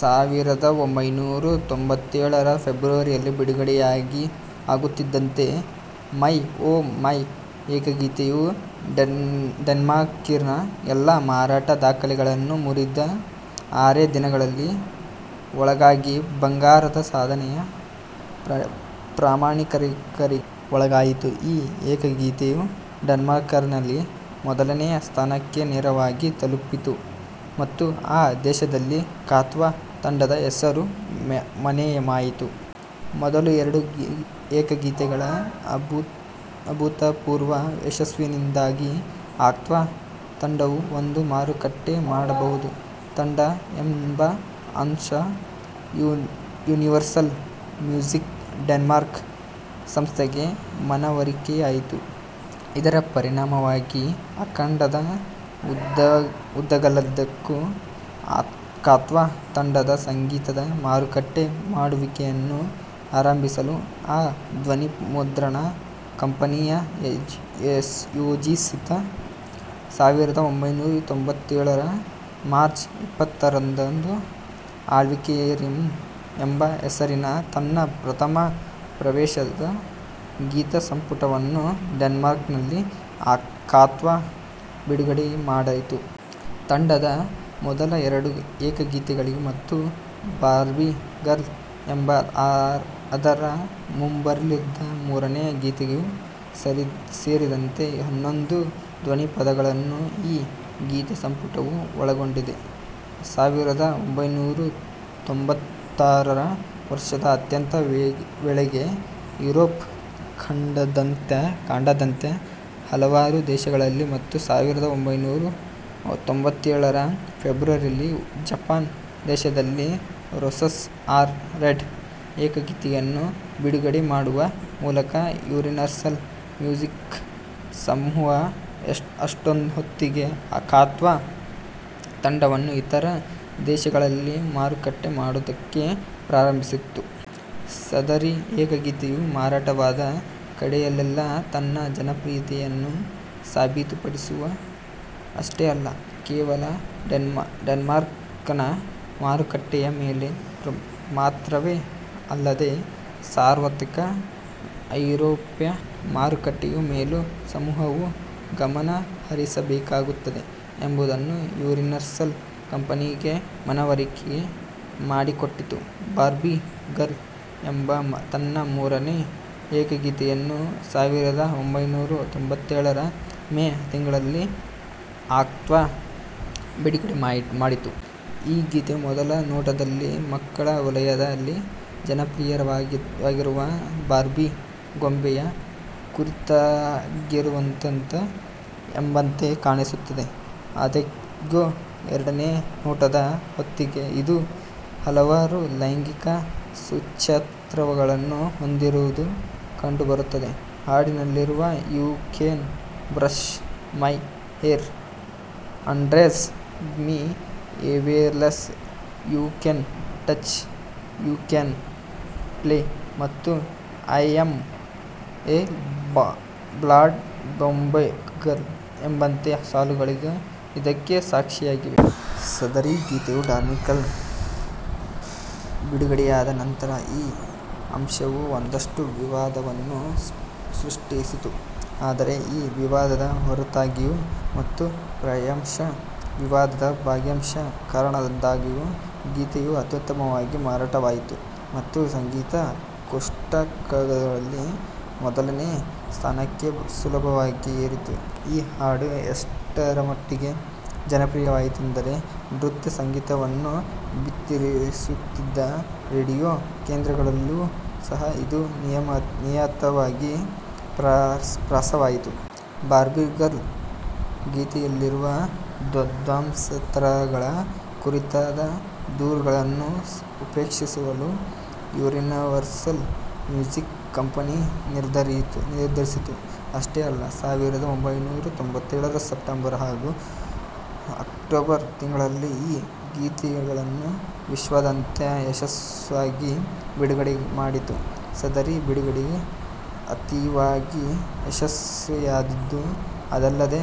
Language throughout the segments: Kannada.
ಸಾವಿರದ ಒಂಭೈನೂರ ತ್ತೊಂಬತ್ತೇಳರ ಫೆಬ್ರುವರಿಯಲ್ಲಿ ಬಿಡುಗಡೆಯಾಗುತ್ತಿದ್ದಂತೆ "ಮೈ ಓಹ್ ಮೈ" ಏಕಗೀತೆಯು ಡೆನ್ಮಾರ್ಕಿನ ಎಲ್ಲಾ ಮಾರಾಟ ದಾಖಲೆಗಳನ್ನು ಮುರಿದು, ಆರೇ ದಿನಗಳ ಒಳಗಾಗಿ ಬಂಗಾರದ ಸಾಧನೆಯ ಪ್ರಮಾಣೀಕರಣಕ್ಕೆ ಒಳಗಾಯಿತು. ಈ ಏಕಗೀತೆಯು ಡೆನ್ಮಾರ್ಕ್ನಲ್ಲಿ ಮೊದಲನೇ ಸ್ಥಾನಕ್ಕೆ ನೇರವಾಗಿ ತಲುಪಿತು, ಮತ್ತು ಆ ದೇಶದಲ್ಲಿ ಆಕ್ವಾ ತಂಡದ ಹೆಸರು ಮನೆಮಾತಾಯಿತು. ಮೊದಲ ಎರಡು ಏಕಗೀತೆಗಳ ಅಭೂತಪೂರ್ವ ಯಶಸ್ಸಿನಿಂದಾಗಿ, ಆಕ್ವಾ ತಂಡವು ಒಂದು ಮಾರುಕಟ್ಟೆ ಮಾಡಬಹುದಾದ ತಂಡ ಎಂಬ ಅಂಶವು ಯೂನಿವರ್ಸಲ್ ಮ್ಯೂಸಿಕ್ ಡೆನ್ಮಾರ್ಕ್ ಸಂಸ್ಥೆಗೆ ಮನವರಿಕೆಯಾಯಿತು. ಇದರ ಪರಿಣಾಮವಾಗಿ ಖಂಡದ ಉದ್ದಗಲಕ್ಕೂ ಆಕ್ವಾ ತಂಡದ ಸಂಗೀತದ ಮಾರುಕಟ್ಟೆ ಮಾಡುವಿಕೆಯನ್ನು ಆರಂಭಿಸಲು ಆ ಧ್ವನಿಮುದ್ರಣ ಕಂಪನಿಯು ಯೋಜಿಸಿತು. ಸಾವಿರದ ಒಂಭೈನೂರ ತ್ತೊಂಬತ್ತೇಳರ ಮಾರ್ಚ್ ಇಪ್ಪತ್ತಾರರಂದು, ಆಕ್ವೇರಿಯಂ ಎಂಬ ಹೆಸರಿನ ತನ್ನ ಪ್ರಥಮ ಪ್ರವೇಶದ ಗೀತಸಂಪುಟವನ್ನು ಡೆನ್ಮಾರ್ಕ್ನಲ್ಲಿ ಆಕ್ವಾ ಬಿಡುಗಡೆಮಾಡಿತು. ತಂಡದ ಮೊದಲ ಎರಡು ಏಕಗೀತೆಗಳು ಮತ್ತು "ಬಾರ್ಬೀ ಗರ್ಲ್" ಎಂಬ ಅದರ ಮುಂಬರಲಿದ್ದ ಮೂರನೇ ಏಕಗೀತೆಯೂ ಸೇರಿದಂತೆ, ಹನ್ನೊಂದು ಧ್ವನಿಪಥಗಳನ್ನು ಈ ಗೀತಸಂಪುಟವು ಒಳಗೊಂಡಿತ್ತು. ಸಾವಿರದ ಒಂಭೈನೂರ ತ್ತೊಂಬತ್ತಾರರ ವರ್ಷದ ಅಂತ್ಯದ ವೇಳೆಗೆ ಯುರೋಪ್ ಖಂಡದಾದ್ಯಂತದ ಹಲವಾರು ದೇಶಗಳಲ್ಲಿ ಮತ್ತು ಸಾವಿರದ ಒಂಭೈನೂರ ತ್ತೊಂಬತ್ತೇಳರ ಫೆಬ್ರುವರಿಯಲ್ಲಿ ಜಪಾನ್ ದೇಶದಲ್ಲಿ "ರೋಸಸ್ ಆರ್ ರೆಡ್" ಏಕಗೀತೆಯನ್ನು ಬಿಡುಗಡೆ ಮಾಡುವ ಮೂಲಕ, ಯೂನಿವರ್ಸಲ್ ಮ್ಯೂಸಿಕ್ ಸಮೂಹವು ಅಷ್ಟುಹೊತ್ತಿಗೆ ಆಕ್ವಾ ತಂಡವನ್ನು ಇತರ ದೇಶಗಳಲ್ಲಿ ಮಾರುಕಟ್ಟೆ ಮಾಡುವುದಕ್ಕೆ ಪ್ರಾರಂಭಿಸಿತ್ತು. ಸದರಿ ಏಕಗೀತೆಯು ಮಾರಾಟವಾದ ಕಡೆಯಲ್ಲೆಲ್ಲಾ ತನ್ನ ಜನಪ್ರಿಯತೆಯನ್ನು ಸಾಬೀತುಪಡಿಸಿತು. ಅಷ್ಟೇ ಅಲ್ಲ, ಕೇವಲ ಡೆನ್ಮಾರ್ಕಿನ ಮಾರುಕಟ್ಟೆಯ ಮೇಲೆ ಮಾತ್ರವೇ ಅಲ್ಲದೇ, ಸಾರ್ವತ್ರಿಕ ಐರೋಪ್ಯ ಮಾರುಕಟ್ಟೆಯ ಮೇಲೂ ಸಮೂಹವು ಗಮನ ಹರಿಸಬೇಕಾಗುತ್ತದೆ ಎಂಬುದನ್ನು ಯೂನಿವರ್ಸಲ್ ಕಂಪನಿಗೆ ಮನವರಿಕೆ ಮಾಡಿಕೊಟ್ಟಿತು. "ಬಾರ್ಬೀ ಗರ್ಲ್" ಎಂಬ ತನ್ನ ಮೂರನೇ ಏಕಗೀತೆಯನ್ನು ಸಾವಿರದ ಒಂಭೈನೂರ ತ್ತೊಂಬತ್ತೇಳರ ಮೇ ತಿಂಗಳಲ್ಲಿ ಆಕ್ವಾ ಬಿಡುಗಡೆಮಾಡಿತು. ಈ ಗೀತೆಯು ಮೊದಲ ನೋಟದಲ್ಲಿ, ಮಕ್ಕಳ ವಲಯದಲ್ಲಿ ಜನಪ್ರಿಯವಾಗಿರುವ ಬಾರ್ಬೀ ಗೊಂಬೆಯ ಕುರಿತಾಗಿರುವಂಥದ್ದು ಎಂಬಂತೆ ಕಾಣಿಸುತ್ತದೆ. ಆದಾಗ್ಯೂ, ಎರಡನೇ ನೋಟದ ಹೊತ್ತಿಗೆ, ಇದು ಹಲವಾರು ಲೈಂಗಿಕ ಸೂಚ್ಯಾರ್ಥಗಳನ್ನು ಹೊಂದಿರುವುದು ಕಂಡುಬರುತ್ತದೆ; ಹಾಡಿನಲ್ಲಿರುವ "you can brush my hair, undress me everywhere," "you can touch, you can play," ಮತ್ತು "I am a blonde bimbo girl" ಎಂಬಂಥ ಸಾಲುಗಳು ಇದಕ್ಕೆ ಸಾಕ್ಷಿಯಾಗಿವೆ. ಸದರಿ ಗೀತೆಯು ಡೆನ್ಮಾರ್ಕ್ನಲ್ಲಿ ಬಿಡುಗಡೆಯಾದ ನಂತರ, ಈ ಅಂಶವು ಒಂದಷ್ಟು ವಿವಾದವನ್ನು ಸೃಷ್ಟಿಸಿತು. ಆದರೆ ಈ ವಿವಾದದ ಹೊರತಾಗಿಯೂ ಮತ್ತು ಪ್ರಾಯಶಃ ವಿವಾದದ ಭಾಗಶಃ ಕಾರಣದಿಂದಾಗಿಯೂ, ಗೀತೆಯು ಅತ್ಯುತ್ತಮವಾಗಿ ಮಾರಾಟವಾಯಿತು ಮತ್ತು ಸಂಗೀತ-ಕೋಷ್ಟಕಗಳಲ್ಲಿ ಮೊದಲನೇ ಸ್ಥಾನಕ್ಕೆ ಸುಲಭವಾಗಿ ಏರಿತು. ಈ ಹಾಡು ಎಷ್ಟರಮಟ್ಟಿಗೆ ಜನಪ್ರಿಯವಾಯಿತೆಂದರೆ, ನೃತ್ಯ ಸಂಗೀತವನ್ನು ಬಿತ್ತರಿಸದಿದ್ದ ರೇಡಿಯೋ ಕೇಂದ್ರಗಳಲ್ಲೂ ಸಹ ಇದು ನಿಯತವಾಗಿ ಪ್ರಸಾರವಾಯಿತು. "ಬಾರ್ಬೀ ಗರ್ಲ್" ಗೀತೆಯಲ್ಲಿರುವ ದ್ವಂದ್ವಾರ್ಥಗಳ ಕುರಿತಾದ ದೂರುಗಳನ್ನು ಉಪೇಕ್ಷಿಸಲು ಯೂನಿವರ್ಸಲ್ ಮ್ಯೂಸಿಕ್ ಕಂಪನಿಯು ನಿರ್ಧರಿಸಿತು. ಅಷ್ಟೇ ಅಲ್ಲ, ಸಾವಿರದ ಒಂಭೈನೂರ ತ್ತೊಂಬತ್ತೇಳರ ಸೆಪ್ಟೆಂಬರ್ ಹಾಗೂ ಅಕ್ಟೋಬರ್ ತಿಂಗಳುಗಳಲ್ಲಿ ಈ ಏಕಗೀತೆಯನ್ನು ವಿಶ್ವದಾದ್ಯಂತ ಯಶಸ್ವಿಯಾಗಿ ಬಿಡುಗಡೆಮಾಡಿತು. ಸದರಿ ಬಿಡುಗಡೆಯು ಅತೀವವಾಗಿ ಯಶಸ್ವಿಯಾದುದೇ ಅಲ್ಲದೇ,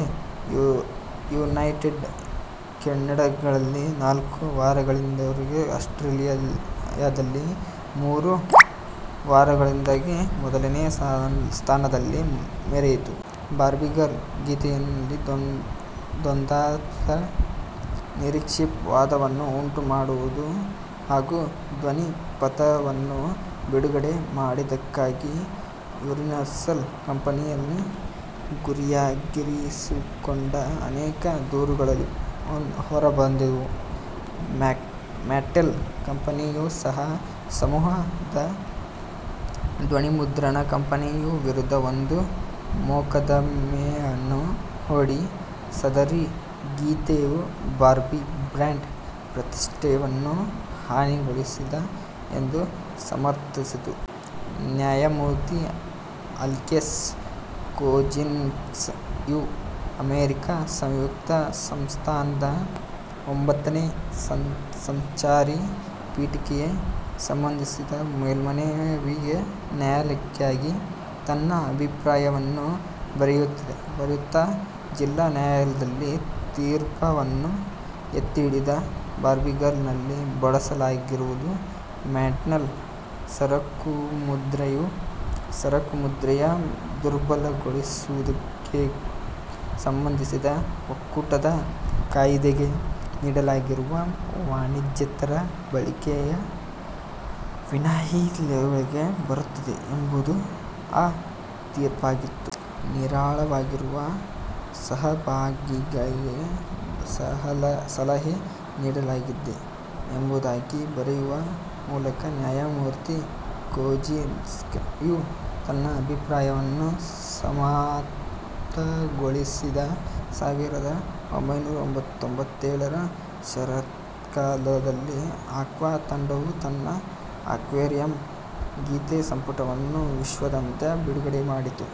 ಯುನೈಟೆಡ್ ಕಿಂಗ್ಡಂನಲ್ಲಿ ನಾಲ್ಕು ವಾರಗಳವರೆಗೆ, ಆಸ್ಟ್ರೇಲಿಯಾದಲ್ಲಿ ಮೂರು ವಾರಗಳವರೆಗೆ ಮೊದಲನೇ ಸ್ಥಾನದಲ್ಲಿ ಮೆರೆಯಿತು. "ಬಾರ್ಬೀ ಗರ್ಲ್" ಗೀತೆಯಲ್ಲಿನ ದ್ವಂದ್ವಾರ್ಥಗಳು ನಿರೀಕ್ಷಿತ ವಿವಾದವನ್ನು ಉಂಟುಮಾಡಿದವು ಹಾಗೂ ಧ್ವನಿಪಥವನ್ನು ಬಿಡುಗಡೆ ಮಾಡಿದ್ದಕ್ಕಾಗಿ ಯೂನಿವರ್ಸಲ್ ಕಂಪನಿಯನ್ನು ಗುರಿಯಾಗಿರಿಸಿಕೊಂಡು ಅನೇಕ ದೂರುಗಳು ಹೊರಬಂದವು. ಮ್ಯಾಟೆಲ್ ಕಂಪನಿಯೂ ಸಹ ಸಮೂಹದ ಧ್ವನಿಮುದ್ರಣ ಕಂಪನಿಯ ವಿರುದ್ಧ ಒಂದು ಮೊಕದ್ದಮೆಯನ್ನು ಹೂಡಿ, ಸದರಿ ಗೀತೆಯು ಬಾರ್ಬೀ ಬ್ರಾಂಡ್ನ ಪ್ರತಿಷ್ಠೆಯನ್ನು ಹಾನಿಗೊಳಿಸಿದೆ ಎಂದು ಸಮರ್ಥಿಸಿತು. ನ್ಯಾಯಮೂರ್ತಿ ಅಲೆಕ್ಸ್ ಕೊಜಿನ್ಸ್ಕಿಯು ಅಮೆರಿಕಾ ಸಂಯುಕ್ತ ಸಂಸ್ಥಾನದ ಒಂಬತ್ತನೇ ಸಂಚಾರಿ ಪೀಠಕ್ಕೆ ಸಂಬಂಧಿಸಿದ ಮೇಲ್ಮನವಿಗಳ ನ್ಯಾಯಾಲಯಕ್ಕಾಗಿ ತನ್ನ ಅಭಿಪ್ರಾಯವನ್ನು ಬರೆಯುತ್ತಾ, ಜಿಲ್ಲಾ ನ್ಯಾಯಾಲಯದ ತೀರ್ಪನ್ನು ಎತ್ತಿಹಿಡಿದ; "ಬಾರ್ಬೀ ಗರ್ಲ್"ನಲ್ಲಿ ಬಳಸಲಾಗಿರುವ ಮ್ಯಾಟೆಲ್ನ ಸರಕುಮುದ್ರೆಯು, ಸರಕುಮುದ್ರೆಯ ದುರ್ಬಲಗೊಳಿಸುವಿಕೆಗೆ ಸಂಬಂಧಿಸಿದ ಒಕ್ಕೂಟದ ಕಾಯಿದೆಗೆ ನೀಡಲಾಗಿರುವ ವಾಣಿಜ್ಯೇತರ ಬಳಕೆಯ ವಿನಾಯಿತಿಯೊಳಗೆ ಬರುತ್ತದೆ ಎಂಬುದು ಆ ತೀರ್ಪಾಗಿತ್ತು. "ನಿರಾಳವಾಗಿರಲು ಸಹಭಾಗಿಗಳಿಗೆ ಸಲಹೆ ನೀಡಲಾಗಿದೆ" ಎಂಬುದಾಗಿ ಬರೆಯುವ ಮೂಲಕ, ನ್ಯಾಯಮೂರ್ತಿ ಕೊಜಿನ್ಸ್ಕಿಯು ತನ್ನ ಅಭಿಪ್ರಾಯವನ್ನು ಸಮಾಪ್ತಗೊಳಿಸಿದ. ಸಾವಿರದ ಒಂಭೈನೂರ ತ್ತೊಂಬತ್ತೇಳರ ಶರತ್ಕಾಲದಲ್ಲಿ, ಆಕ್ವಾ ತಂಡವು ತನ್ನ ಆಕ್ವೇರಿಯಂ ಗೀತಸಂಪುಟವನ್ನು ವಿಶ್ವದಾದ್ಯಂತ ಬಿಡುಗಡೆಮಾಡಿತು.